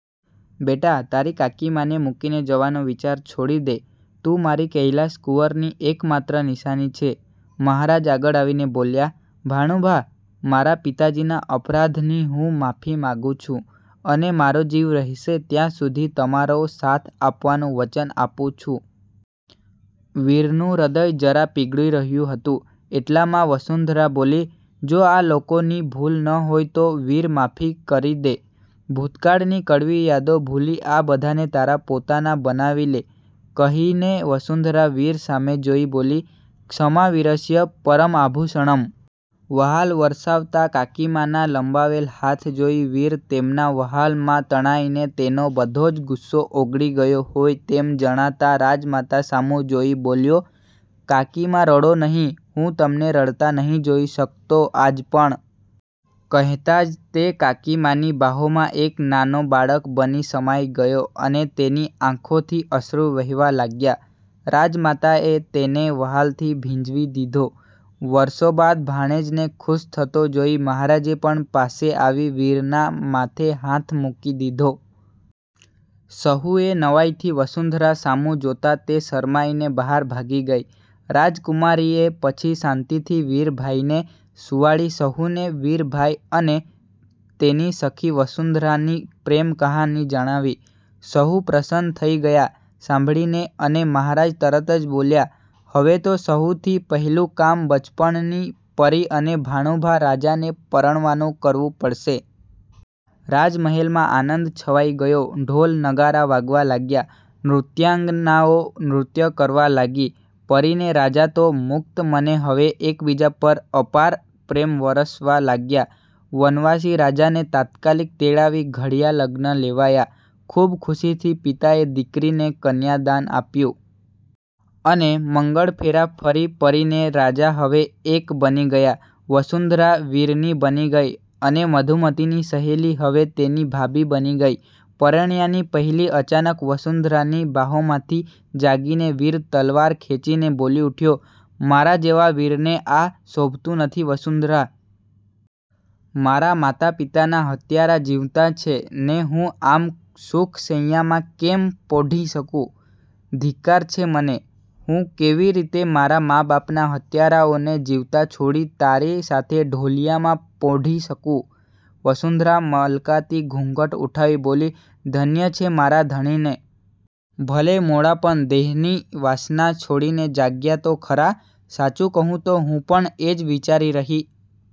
બેટા તારી કાકીમાને મૂકીને જવાનો વિચાર છોડી દે. તું મારી કૈલાસકુંવરની એકમાત્ર નિશાની છે.." મહારાજ આગળ આવીને બોલ્યાં,"ભાણુભા મારાં પિતાજીના અપરાધની હું માફી માગુ છું. અને મારો જીવ રહેશે ત્યાં સુધી તમારો સાથ આપવાનું વચન આપું છું." વીરનું હ્નદય જરા પીગળી રહ્યુ હતું, એટલામાં વસુંધરા બોલી,"જો આ લોકોની ભૂલ ન હોય તો વીર માફ કરી દે, ભૂતકાળની કડવી યાદો ભૂલી આ બધાને તારા પોતાનાં બનાવી લે." કહીને વસુંધરા વીર સામે જોઈ બોલી,"ક્ષમા વિરસ્ય પરમ આભુષણમ." વહાલ વરસાવતા કાકીમાંના લંબાવેલ હાથ જોઈ વીર તેમનાં વ્હાલમાં તણાઈને તેનો બધો જ ગુસ્સો ઓગળી ગયો હોય તેમ જણાતાં રાજમાતા સામું જોઈ બોલ્યો,"કાકીમા રડો નહીં, હું તમને રડતાં નથી જોઈ શકતો આજ પણ. " કહેતાં જ તે કાકીમાની બાહોમાં એક નાનો બાળક બની સમાઈ ગયો અને તેની આંખોથી અશ્રૂ વહેવા લાગ્યાં. રાજમાતાએ તેને વ્હાલથી ભીંજવી દીધો. વરસો બાદ ભાણેજને ખુશ થતો જોઈ મહારાજે પણ પાસે આવી વીરનાં માથે હાથ મૂકી દીધો. સહુએ નવાઈથી વસુંધરા સામું જોતાં તે શરમાઈને બહાર ભાગી ગઈ. રાજકુમારીએ પછી શાંતિથી વીરભાઈને સુવાડી સહુને વીરભાઈ અને તેની સખી વસુંધરાની પ્રેમકહાની જણાવી. સહુ પ્રસન્ન થઈ ગયાં સાંભળીને અને મહારાજ તરત જ બોલ્યાં,"હવે તો સહુથી પહેલું કામ બચપણની પરી અને ભાણુભા રાજાને પરણવાનું કરવું પડશે." રાજ મહેલમાં આનંદ છવાઈ ગયો ઢોલ, નગારાં વાગવા લાગ્યાં. નૃત્યાંગનાઓ નૃત્ય કરવા લાગી. પરીને રાજા તો મુકત મને હવે એકબીજા પર અપાર પ્રેમ વરસવા લાગ્યાં. વનવાસી રાજાને તાત્કાલિક તેડાવી ઘડિયા લગ્ન લેવાયા. ખુબ ખુશીથી પિતાએ દીકરીને કન્યાદાન આપ્યું. અને મંગળફેરા ફરી પરીને રાજા હવે એક બની ગયાં. વસુંધરા વીરની બની ગઈ અને મધુમતીની સહેલી હવે તેની ભાભી બની ગઈ. પરણ્યાની પહેલી અચાનક વસુંધરાની બાંહોમાંથી જાગીને વીર તલવાર ખેંચીને બોલી ઉઠ્યો,"મારાં જેવાં વીરને આ શોભતું નથી વસુંધરા! મારાં માતા પિતાનાં હત્યારા જીવતાં છે ને હું આમ સુખ શૈયામાં કેમ પોઢી શકૂં? ધિક્કાર છે મને! હું કેવી રીતે મારાં મા બાપના હત્યારાઓને જીવતાં છોડી તારી સાથે ઢોલિયામાં પોઢી શકૂં?" વસુંધરા મલકાતી ઘૂંઘટ ઉઠાવી બોલી,"ધન્ય છે મારાં ધણીને! ભલે મોડા પણ દેહની વાસના છોડીને જાગ્યા તો ખરાં. સાચું કહું તો હું પણ એ જ વિચારી રહી